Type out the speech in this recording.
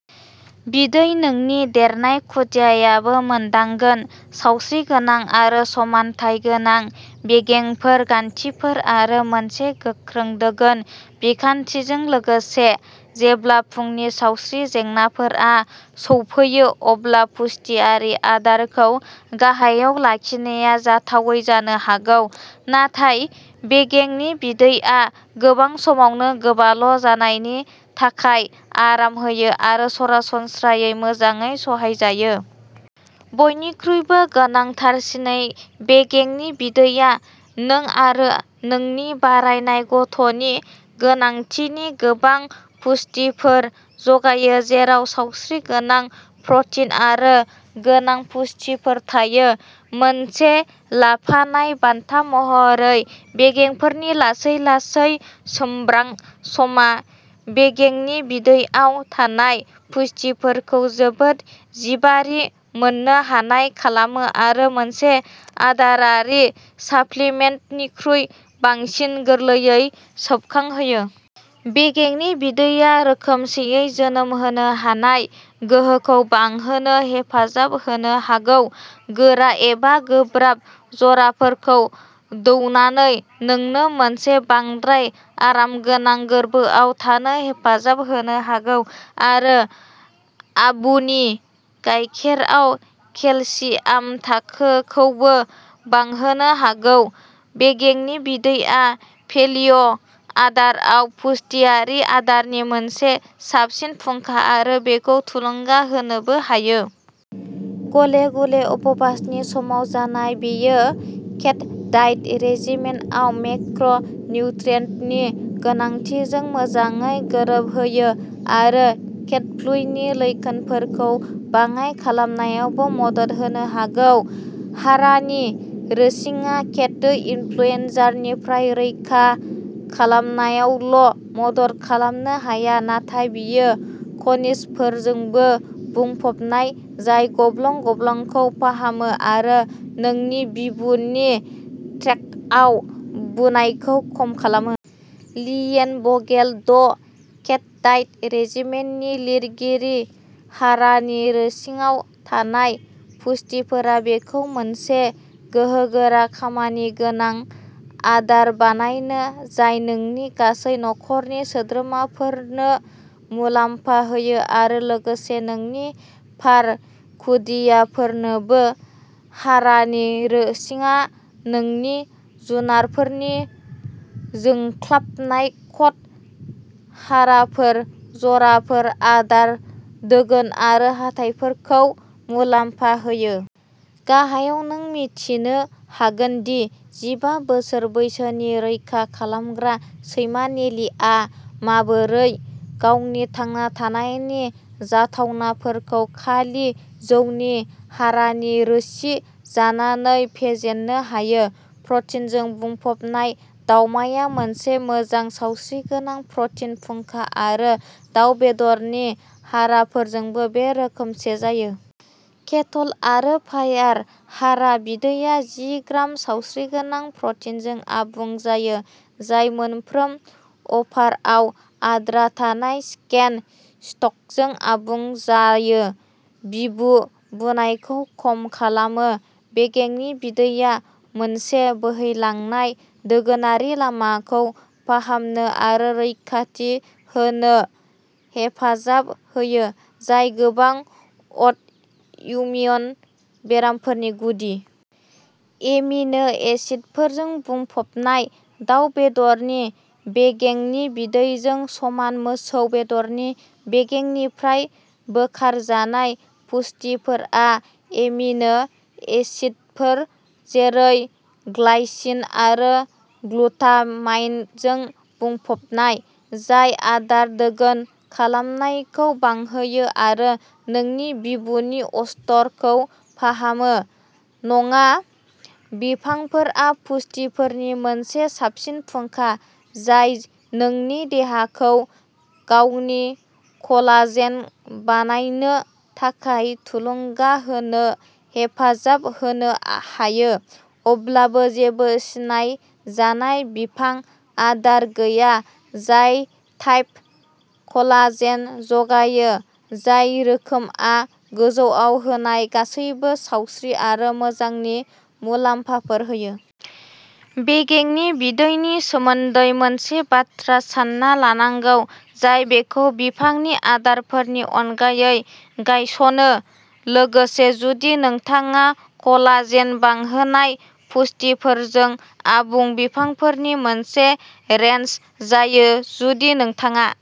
बिदै नोंनि देरनाय खुदियायाबो मोन्दांगोन सावस्रिगोनां आरो समानथाय गोनां बेगेंफोर गान्थिफोर आरो मोनसे गोख्रों दोगोन बिखान्थिजों लोगोसे। जेब्ला फुंनि सावस्रि जेंनाफोरा सौफैयो अब्ला पुष्टियारि आदारखौ गाहायाव लाखिनाया जाथावै जानो हागौ। नाथाय बेगेंनि बिदैया गोबां समावनो गोबाल'जानायनि थाखाय आराम होयो आरो सरासनस्रायै मोजाङै सहायजायो। बयनिख्रुइबो गोनांथारसिनै बेगेंनि बिदैया नों आरो नोंनि बारायनाय गथ'नि गोनांथिनि गोबां पुष्टिफोर जगायो जेराव सावस्रिगोनां प्र'टिन आरो गोनां पुष्टिफोर थायो। मोनसे लाफानाय बान्था महरै बेगेंफोरनि लासै लासै सोमब्रां समा बेगेंनि बिदैआव थानाय पुष्टिफोरखौ जोबोद जिबारि मोननो हानाय खालामो आरो मोनसे आदारारि साप्लिमेन्टनिख्रुइ बांसिन गोरलैयै सोबखांहोयो। बेगेंनि बिदैया रोखोमसेयै जोनोम होनो हानाय गोहोखौ बांहोनो हेफाजाब होनो हागौ गोरा एबा गोब्राब जराफोरखौ दौनानै नोंनो मोनसे बांद्राय आरामगोनां गोर्बोआव थानो हेफाजाब होनो हागौ आरो आबुनि गायखेराव केलसियाम थाखोखौबो बांहोनो हागौ। बेगेंनि बिदैया पेलिय'आदाराव पुष्टियारि आदारनि मोनसे साबसिन फुंखा आरो बेखौ थुलुंगा होनोबो हायो। गले गले उपबासनि समाव जानाय बेयो केट'डाइट रेजिमेनआव मेक्र'निउट्रियेन्टनि गोनांथिजों मोजाङै गोरोबहोयो आरो केट'फ्लुनि लैखोनफोरखौ बाङाइ खालामनायावबो मदद होनो हागौ। हारानि रोसिङा केटो इन्फ्लुयेनजानिफ्राय रैखा खालामनायावल'मदद खालामनो हाया नाथाय बेयो खनिजफोरजोंबो बुंफबनाय जाय गब्लं गब्लंखौ फाहामो आरो नोंनि बिबुनि ट्रेक्टआव बुनायखौ खम खालामो। लीएन भगेल द केट'डाइट रेजिमेननि लिरगिरि हारानि रोसिआव थानाय पुष्टिफोरा बेखौ मोनसे गोहोगोरा खामानिगोनां आदार बानायो जाय नोंनि गासै नखरनि सोद्रोमाफोरनो मुलाम्फा होनो हायो लोगोसे नोंनि फार खुदियाफोरनोबो। हारानि रोसिङा नोंनि जुनारफोरनि जोंख्लाबनाय कट हाराफोर जराफोर आदार दोगोन आरो हाथाइफोरखौ मुलाम्फा होयो। गाहायाव नों मिथिनो हागोन दि जिबा बोसोर बैसोनि रैखा खालामग्रा सैमा नेलिआ माबोरै गावनि थांना थानायनि जाथावनाफोरखौ खालि जौनि हारानि रोसि जानानै फेजेननो हायो। प्रटिनजों बुंफबनाय दावमाया मोनसे मोजां सावस्रिगोनां प्रटिन फुंखा आरो दाव बेदरनि हाराफोरजोंबो बे रोखोमसे जायो। केटल आरो फायार हारा बिदैया जि ग्राम सावस्रिगोनां प्रटिनजों आबुं जायो जाय मोनफ्रोम अफारआव आद्रा थानाय चिकेन स्टकजों आबुं जायो। बिबु बुनायखौ खम खालामो बेगेंनि बिदैया मोनसे बोहैलांनाय दोगोनारि लामाखौ फाहामनो आरो रैखाथि होनो हेफाजाब होयो जाय गोबां अट'इमिउन बेरामफोरनि गुदि। एमिनो एसिडफोरजों बुंफबनाय दाव बेदरनि बेगेंनि बिदैजों समान मोसौ बेदरनि बेगेंनिफ्राय बोखारजानाय पुष्टिफोरा एमिनो एसिडफोर जेरै ग्लाइसिन आरो ग्लुटामाइनजों बुंफबनाय, जाय आदार दोगोन खालामनायखौ बांहोयो आरो नोंनि बिबुनि अस्तरखौ फाहामो। नङा। बिफांफोरा पुष्टिफोरनि मोनसे साबसिन फुंखा जाय नोंनि देहाखौ गावनि कलाजेन बानायनो थाखाय थुलुंगा होनो हेफाजाब होनो हायो अब्लाबो जेबो सिनायजानाय बिफां आदार गैया जाय टाइप I कलाजेन जगायो जाय रोखोमआ गोजौआव होनाय गासैबो सावस्रि आरो मोजांनि मुलाम्फाफोर होयो। बेगेंनि बिदैनि सोमोन्दै मोनसे बाथ्रा सानना लानांगौ जाय बेखौ बिफांनि आदारफोरनि अनगायै गायसनो लोगोसे जुदि नोंथाङा कलाजेन बांहोनाय पुष्टिफोरजों आबुं बिफांफोरनि मोनसे रेन्ज जायो जुदि नोंथाङा